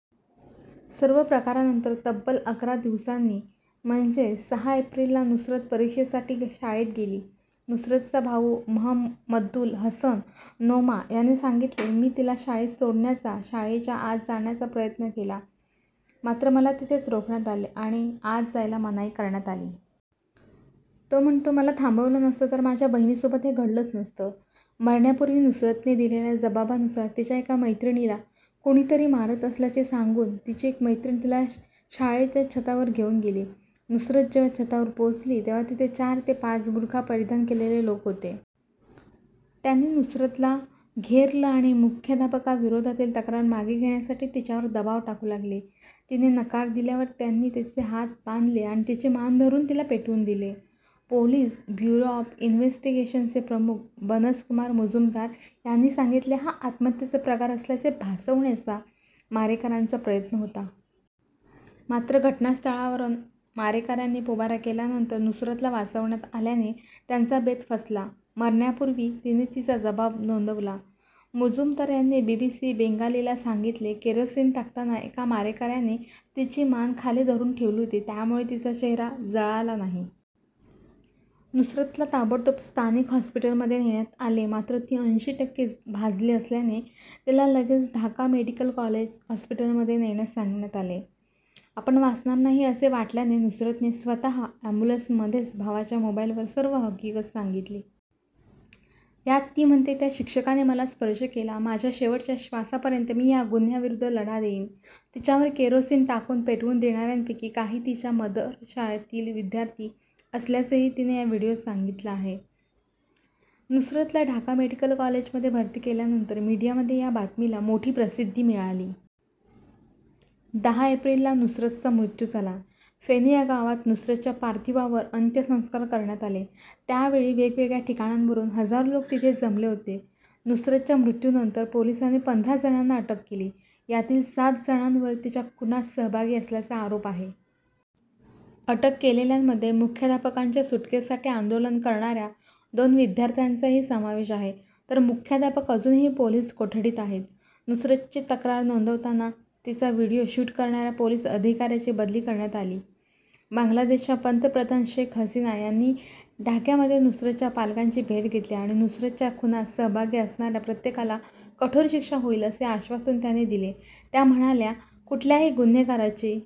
सर्व प्रकारानंतर तब्बल अकरा दिवसांनी म्हणजे सहा एप्रिलला नुसरत परीक्षेसाठी शाळेत गेली. नुसरतचा भाऊ महमद्दुल हसन नोमा याने सांगितले, मी तिला शाळेत सोडण्याचा, शाळेच्या आत जाण्याचा प्रयत्न केला. मात्र मला तिथेच रोखण्यात आले आणि आत जायला मनाई करण्यात आली. तो म्हणतो मला थांबवलं नसतं तर माझ्या बहिणीसोबत हे घडलंच नसतं. मरण्यापूर्वी नुसरतने दिलेल्या जबाबानुसार तिच्या एका मैत्रिणीला कुणीतरी मारत असल्याचे सांगून तिची एक मैत्रीण तिला शाळेच्या छतावर घेऊन गेली. नुसरत जेव्हा छतावर पोहोचली तेव्हा तिथे चार ते पाच बुरखा परिधान केलेले लोक होते. त्यांनी नुसरतला घेरलं आणि मुख्याध्यापकाविरोधातील तक्रार मागे घेण्यासाठी तिच्यावर दबाव टाकू लागले. तिने नकार दिल्यावर त्यांनी तिचे हात बांधले आणि तिची मान धरून तिला पेटवून दिले. पोलीस ब्युरो ऑफ इन्वेस्टिगेशनचे प्रमुख बनज कुमार मुजुमदार यांनी सांगितले हा आत्महत्येचा प्रकार असल्याचे भासवण्याचा मारेकऱ्यांचा प्रयत्न होता. मात्र घटनास्थळावरून मारेकऱ्यांनी पोबारा केल्यानंतर नुसरतला वाचवण्यात आल्याने त्यांचा बेत फसला. मरण्यापूर्वी तिने तिचा जबाब नोंदवला. मुजुमदार यांनी बीबीसी बेंगालीला सांगितले केरोसीन टाकताना एका मारेकऱ्याने तिची मान खाली धरून ठेवली होती. त्यामुळे तिचा चेहरा जळाला नाही. नुसरतला ताबडतोब स्थानिक हॉस्पिटलमध्ये नेण्यात आले. मात्र, ती अंशी टक्के भाजली असल्याने तिला लगेच ढाका मेडिकल कॉलेज हॉस्पिटलमध्ये नेण्यास सांगण्यात आले. आपण वाचणार नाही, असे वाटल्याने नुसरतने स्वतः अॅम्ब्युलन्समध्येच भावाच्या मोबाईलवर सर्व हकीगत सांगितली. यात ती म्हणते, त्या शिक्षकाने मला स्पर्श केला. माझ्या शेवटच्या श्वासापर्यंत मी या गुन्ह्याविरोधात लढा देईन. तिच्यावर केरोसीन टाकून पेटवून देणाऱ्यांपैकी काही तिच्या मदरशातील विद्यार्थी असल्याचंही तिने या व्हिडिओत सांगितले आहे. नुसरतला ढाका मेडिकल कॉलेजमध्ये भर्ती केल्यानंतर मीडियामध्ये या बातमीला मोठी प्रसिद्धी मिळाली. दहा एप्रिलला नुसरतचा मृत्यू झाला. फेनी या गावात नुसरतच्या पार्थिवावर अंत्यसंस्कार करण्यात आले. त्या वेळी वेगवेगळ्या ठिकाणांवरून हजारो लोक तिथे जमले होते. नुसरतच्या मृत्यूनंतर पोलिसांनी पंधरा जणांना अटक केली. यातील सात जणांवर तिच्या खुनात सहभागी असण्याचा आरोप आहे. अटक केलेल्यांमध्ये मुख्याध्यापकाच्या सुटकेसाठी आंदोलन करणाऱ्या दोन विद्यार्थांचाही समावेश आहे. तर मुख्याध्यापक अजूनही पोलीस कोठडीत आहे. नुसरतची तक्रार नोंदवताना तिचा व्हिडिओ शूट करणाऱ्या पोलीस अधिकाऱ्याची बदली करण्यात आली आहे. बांगलादेशच्या पंतप्रधान शेख हसिना यांनी ढाक्यामध्ये नुसरतच्या पालकांची भेट घेतली आणि नुसरतच्या खुनात सहभागी असणाऱ्या प्रत्येकाला कठोर शिक्षा होईल असे आश्वासन त्यांनी दिले. त्या म्हणाल्या कुठल्याही गुन्हेगाराची